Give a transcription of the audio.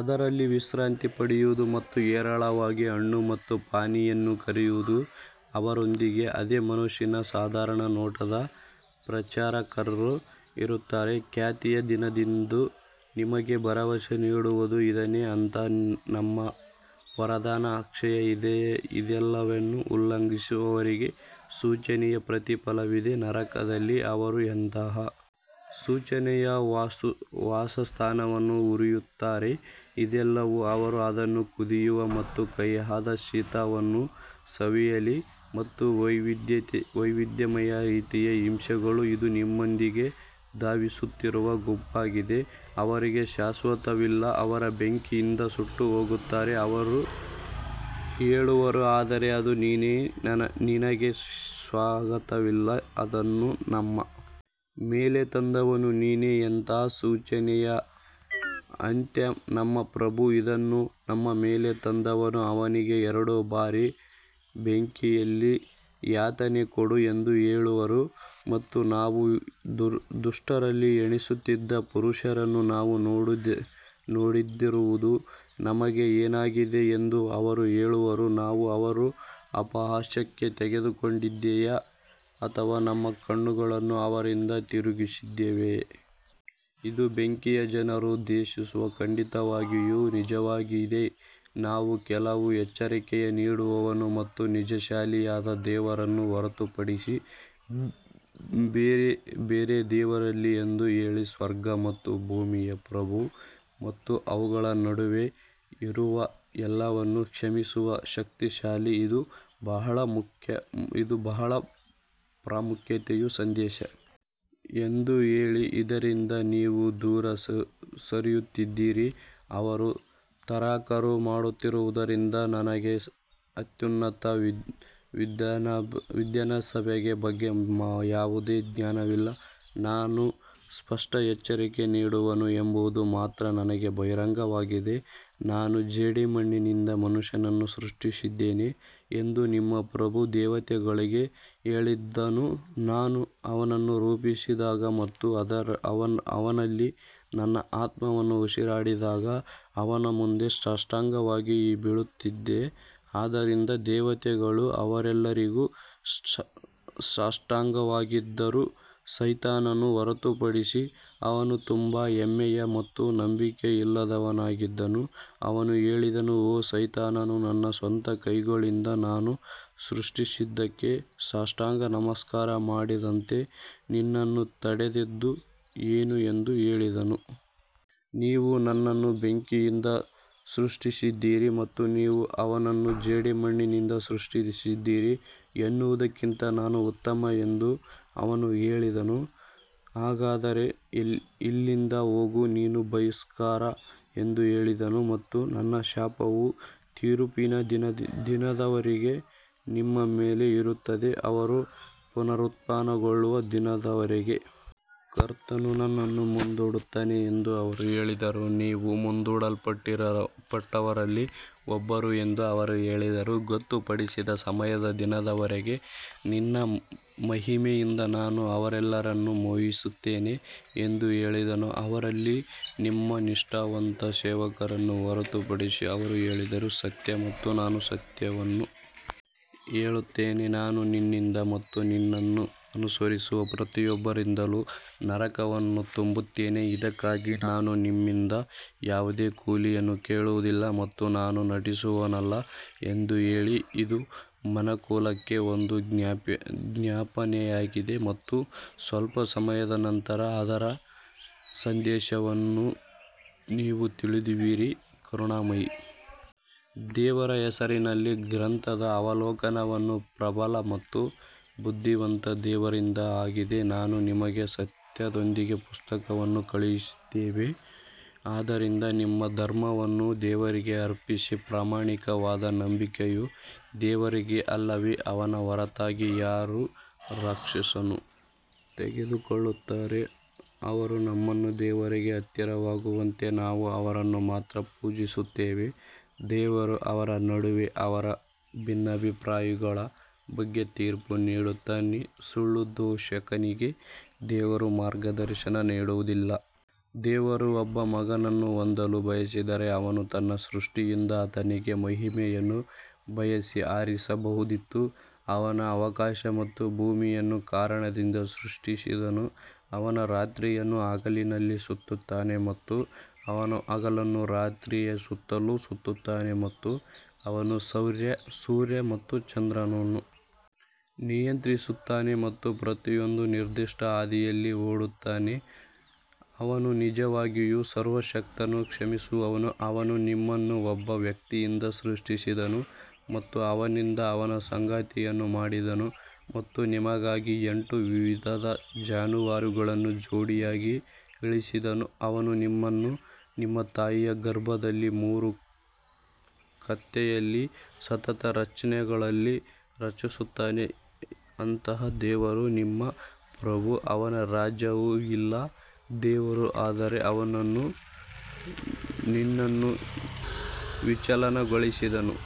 ಅದರಲ್ಲಿ ವಿಶ್ರಾಂತಿ ಪಡೆಯುವುದು ಮತ್ತು ಹೇರಳವಾಗಿ ಹಣ್ಣು ಮತ್ತು ಪಾನೀಯವನ್ನು ಕರೆಯುವುದು ಅವರೊಂದಿಗೆ ಅದೇ ವಯಸ್ಸಿನ ಸಾಧಾರಣ ನೋಟದ ಪರಿಚಾರಕರು ಇರುತ್ತಾರೆ ಖಾತೆಯ ದಿನದಂದು ನಿಮಗೆ ಭರವಸೆ ನೀಡಿರುವುದು ಇದನ್ನೇ ಅಂತಹ ನಮ್ಮ ವರದಾನ ಅಕ್ಷಯ ಇದೆಲ್ಲವನ್ನೂ ಉಲ್ಲಂಘಿಸುವವರಿಗೆ ಶೋಚನೀಯ ಪ್ರತಿಫಲವಿದೆ ನರಕದಲ್ಲಿ ಅವರು ಎಂತಹ ಶೋಚನೀಯ ವಾಸಸ್ಥಾನವನ್ನು ಹುರಿಯುತ್ತಾರೆ ಇದೆಲ್ಲವೂ ಅವರು ಅದನ್ನು ಕುದಿಯುವ ಮತ್ತು ಕಹಿಯಾದ ಶೀತವನ್ನು ಸವಿಯಲಿ ಮತ್ತು ವೈವಿಧ್ಯಮಯ ರೀತಿಯ ಹಿಂಸೆಗಳು ಇದು ನಿಮ್ಮೊಂದಿಗೆ ಧಾವಿಸುತ್ತಿರುವ ಗುಂಪಾಗಿದೆ ಅವರಿಗೆ ಸ್ವಾಗತವಿಲ್ಲ ಅವರು ಬೆಂಕಿಯಿಂದ ಸುಟ್ಟುಹೋಗುತ್ತಾರೆ ಅವರು ಹೇಳುವರು ಆದರೆ ಅದು ನೀನೇ ನಿನಗೆ ಸ್ವಾಗತವಿಲ್ಲ ಅದನ್ನು ನಮ್ಮ ಮೇಲೆ ತಂದವನು ನೀನೇ ಎಂತಹ ಶೋಚನೀಯ ಅಂತ್ಯ ನಮ್ಮ ಪ್ರಭು ಇದನ್ನು ನಮ್ಮ ಮೇಲೆ ತಂದವನು ಅವನಿಗೆ ಎರಡು ಬಾರಿ ಬೆಂಕಿಯಲ್ಲಿ ಯಾತನೆ ಕೊಡು ಎಂದು ಹೇಳುವರು ಮತ್ತು ನಾವು ದುಷ್ಟರಲ್ಲಿ ಎಣಿಸುತ್ತಿದ್ದ ಪುರುಷರನ್ನು ನಾವು ನೋಡದಿರುವುದು ನಮಗೆ ಏನಾಗಿದೆ ಎಂದು ಅವರು ಹೇಳುವರು ನಾವು ಅವರನ್ನು ಅಪಹಾಸ್ಯಕ್ಕೆ ತೆಗೆದುಕೊಂಡಿದ್ದೇವೆಯೇ ಅಥವಾ ನಮ್ಮ ಕಣ್ಣುಗಳನ್ನು ಅವರಿಂದ ತಿರುಗಿಸಿದ್ದೇವೆಯೇ? ಇದು ಬೆಂಕಿಯ ಜನರ ದ್ವೇಷವು ಖಂಡಿತವಾಗಿಯೂ ನಿಜವಾಗಿದೆ ನಾನು ಕೇವಲ ಎಚ್ಚರಿಕೆ ನೀಡುವವನು ಮತ್ತು ವಿಜಯಶಾಲಿಯಾದ ದೇವರನ್ನು ಹೊರತುಪಡಿಸಿ ಬೇರೆ ದೇವರಿಲ್ಲ ಎಂದು ಹೇಳಿ ಸ್ವರ್ಗ ಮತ್ತು ಭೂಮಿಯ ಪ್ರಭು ಮತ್ತು ಅವುಗಳ ನಡುವೆ ಇರುವ ಎಲ್ಲವನ್ನೂ ಕ್ಷಮಿಸುವ ಶಕ್ತಿಶಾಲಿ ಇದು ಬಹಳ ಪ್ರಾಮುಖ್ಯತೆಯ ಸಂದೇಶ ಎಂದು ಹೇಳಿ ಇದರಿಂದ ನೀವು ದೂರ ಸರಿಯುತ್ತಿದ್ದೀರಿ ಅವರು ತಕರಾರು ಮಾಡುತ್ತಿರುವುದರಿಂದ ನನಗೆ ಅತ್ಯುನ್ನತ ವಿಧಾನಸಭೆಯ ಬಗ್ಗೆ ಯಾವುದೇ ಜ್ಞಾನವಿಲ್ಲ ನಾನು ಸ್ಪಷ್ಟ ಎಚ್ಚರಿಕೆ ನೀಡುವವನು ಎಂಬುದು ಮಾತ್ರ ನನಗೆ ಬಹಿರಂಗವಾಗಿದೆ ನಾನು ಜೇಡಿಮಣ್ಣಿನಿಂದ ಮನುಷ್ಯನನ್ನು ಸೃಷ್ಟಿಸುತ್ತಿದ್ದೇನೆ ಎಂದು ನಿಮ್ಮ ಪ್ರಭು ದೇವತೆಗಳಿಗೆ ಹೇಳಿದನು ನಾನು ಅವನನ್ನು ರೂಪಿಸಿದಾಗ ಮತ್ತು ಅವನಲ್ಲಿ ನನ್ನ ಆತ್ಮವನ್ನು ಉಸಿರಾಡಿದಾಗ ಅವನ ಮುಂದೆ ಸಾಷ್ಟಾಂಗವಾಗಿ ಬೀಳುತ್ತದೆ ಆದ್ದರಿಂದ ದೇವತೆಗಳು ಅವರೆಲ್ಲರಿಗೂ ಸಾಷ್ಟಾಂಗವೆರಗಿದರು ಸೈತಾನನನ್ನು ಹೊರತುಪಡಿಸಿ ಅವನು ತುಂಬಾ ಹೆಮ್ಮೆ ಮತ್ತು ನಂಬಿಕೆಯಿಲ್ಲದವನಾಗಿದ್ದನು ಅವನು ಹೇಳಿದ ಓ ಸೈತಾನನು ನನ್ನ ಸ್ವಂತ ಕೈಗಳಿಂದ ನಾನು ಸೃಷ್ಟಿಸಿದ್ದಕ್ಕೆ ಸಾಷ್ಟಾಂಗ ನಮಸ್ಕಾರ ಮಾಡದಂತೆ ನಿನ್ನನ್ನು ತಡೆದದ್ದು ಏನು ಎಂದು ಹೇಳಿದನು. ನೀವು ನನ್ನನ್ನು ಬೆಂಕಿಯಿಂದ ಸೃಷ್ಟಿಸಿದ್ದೀರಿ ಮತ್ತು ನೀವು ಅವನನ್ನು ಜೇಡಿಮಣ್ಣಿನಿಂದ ಸೃಷ್ಟಿಸಿದ್ದೀರಿ ಎನ್ನುವುದಕ್ಕಿಂತ ನಾನು ಉತ್ತಮ ಎಂದು ಅವನು ಹೇಳಿದನು ಹಾಗಾದರೆ ಇಲ್ಲಿಂದ ಹೋಗು ನೀನು ಬಹಿಷ್ಕಾರ ಎಂದು ಹೇಳಿದನು ಮತ್ತು ನನ್ನ ಶಾಪವು ತೀರ್ಪಿನ ದಿನದವರೆಗೆ ನಿಮ್ಮ ಮೇಲೆ ಇರುತ್ತದೆ ಅವರು ಪುನರುತ್ಥಾನಗೊಳ್ಳುವ ದಿನದವರೆಗೆ ಕರ್ತನು ನನ್ನನ್ನು ಮುಂದೂಡುತ್ತಾನೆ ಎಂದು ಅವರು ಹೇಳಿದರು ನೀವು ಮುಂದೂಡಲ್ಪಟ್ಟವರಲ್ಲಿ ಒಬ್ಬರು ಎಂದು ಅವರು ಹೇಳಿದರು ಗೊತ್ತುಪಡಿಸಿದ ಸಮಯದ ದಿನದವರೆಗೆ ನಿನ್ನ ಮಹಿಮೆಯಿಂದ ನಾನು ಅವರೆಲ್ಲರನ್ನು ಮೋಹಿಸುತ್ತೇನೆ ಎಂದು ಹೇಳಿದನು ಅವರಲ್ಲಿ ನಿಮ್ಮ ನಿಷ್ಠಾವಂತ ಸೇವಕರನ್ನು ಹೊರತುಪಡಿಸಿ ಅವರು ಹೇಳಿದರು ಸತ್ಯ ಮತ್ತು ನಾನು ಸತ್ಯವನ್ನು ಹೇಳುತ್ತೇನೆ ನಾನು ನಿನ್ನಿಂದ ಮತ್ತು ನಿನ್ನನ್ನು ಅನುಸರಿಸುವ ಪ್ರತಿಯೊಬ್ಬರಿಂದಲೂ ನರಕವನ್ನು ತುಂಬುತ್ತೇನೆ ಇದಕ್ಕಾಗಿ ನಾನು ನಿಮ್ಮಿಂದ ಯಾವುದೇ ಕೂಲಿಯನ್ನು ಕೇಳುವುದಿಲ್ಲ ಮತ್ತು ನಾನು ನಟಿಸುವವನಲ್ಲ ಎಂದು ಹೇಳಿ ಇದು ಮನುಕುಲಕ್ಕೆ ಒಂದು ಜ್ಞಾಪನೆಯಾಗಿದೆ ಮತ್ತು ಸ್ವಲ್ಪ ಸಮಯದ ನಂತರ ಅದರ ಸಂದೇಶವನ್ನು ನೀವು ತಿಳಿಯುವಿರಿ ಕರುಣಾಮಯಿ ದೇವರ ಹೆಸರಿನಲ್ಲಿ ಗ್ರಂಥದ ಅವಲೋಕನವು ಪ್ರಬಲ ಮತ್ತು ಬುದ್ಧಿವಂತ ದೇವರಿಂದ ಆಗಿದೆ ನಾವು ನಿಮಗೆ ಸತ್ಯದೊಂದಿಗೆ ಪುಸ್ತಕವನ್ನು ಕಳುಹಿಸಿದ್ದೇವೆ ಆದ್ದರಿಂದ ನಿಮ್ಮ ಧರ್ಮವನ್ನು ದೇವರಿಗೆ ಅರ್ಪಿಸಿ ಪ್ರಾಮಾಣಿಕವಾದ ನಂಬಿಕೆಯು ದೇವರಿಗೆ ಅಲ್ಲವೇ, ಅವನ ಹೊರತಾಗಿ ಯಾರು ರಕ್ಷಕರನ್ನು ತೆಗೆದುಕೊಳ್ಳುತ್ತಾರೋ ಅವರು ನಮ್ಮನ್ನು ದೇವರಿಗೆ ಹತ್ತಿರವಾಗುವಂತೆ ನಾವು ಅವರನ್ನು ಮಾತ್ರ ಪೂಜಿಸುತ್ತೇವೆ, ದೇವರು ಅವರ ನಡುವೆ ಅವರ ಭಿನ್ನಾಭಿಪ್ರಾಯಗಳ ಬಗ್ಗೆ ತೀರ್ಪು ನೀಡುತ್ತಾನೆ, ಸುಳ್ಳು ದೂಷಕನಿಗೆ ದೇವರು ಮಾರ್ಗದರ್ಶನ ನೀಡುವುದಿಲ್ಲ. ದೇವರು ಒಬ್ಬ ಮಗನನ್ನು ಹೊಂದಲು ಬಯಸಿದರೆ ಅವನು ತನ್ನ ಸೃಷ್ಟಿಯಿಂದ ಆತನಿಗೆ ಮಹಿಮೆಯನ್ನು ಬಯಸಿ ಆರಿಸಬಹುದಿತ್ತು ಅವನು ಆಕಾಶ ಮತ್ತು ಭೂಮಿಯನ್ನು ಕಾರಣದಿಂದ ಸೃಷ್ಟಿಸಿದನು, ಅವನು ರಾತ್ರಿಯನ್ನು ಹಗಲಿನಲ್ಲಿ ಸುತ್ತುತ್ತಾನೆ ಮತ್ತು ಅವನು ಹಗಲನ್ನು ರಾತ್ರಿಯ ಸುತ್ತಲೂ ಸುತ್ತುತ್ತಾನೆ ಮತ್ತು ಅವನು ಸೂರ್ಯ ಮತ್ತು ಚಂದ್ರನನ್ನು ನಿಯಂತ್ರಿಸುತ್ತಾನೆ ಮತ್ತು ಪ್ರತಿಯೊಂದೂ ನಿರ್ದಿಷ್ಟ ಹಾದಿಯಲ್ಲಿ ಓಡುತ್ತಾನೆ, ಅವನು ನಿಜವಾಗಿಯೂ ಸರ್ವಶಕ್ತನು ಕ್ಷಮಿಸುವವನು ಅವನು ನಿಮ್ಮನ್ನು ಒಬ್ಬ ವ್ಯಕ್ತಿಯಿಂದ ಸೃಷ್ಟಿಸಿದನು ಮತ್ತು ಅವನಿಂದ ಅವನ ಸಂಗಾತಿಯನ್ನು ಮಾಡಿದನು ಮತ್ತು ನಿಮಗಾಗಿ ಎಂಟು ವಿಧದ ಜಾನುವಾರುಗಳನ್ನು ಜೋಡಿಯಾಗಿ ಇಳಿಸಿದನು ಅವನು ನಿಮ್ಮನ್ನು ನಿಮ್ಮ ತಾಯಿಯ ಗರ್ಭದಲ್ಲಿ ಮೂರು ಕತ್ತಲೆಯಲ್ಲಿ ಸತತ ರಚನೆಗಳಲ್ಲಿ ರಚಿಸುತ್ತಾನೆ ಅಂತಹ ದೇವರು ನಿಮ್ಮ ಪ್ರಭು ಅವನ ರಾಜ್ಯವು ಇಲ್ಲ ದೇವರು ಆದರೆ ಅವನು ನಿನ್ನನ್ನು ವಿಚಲನಗೊಳಿಸಿದನು.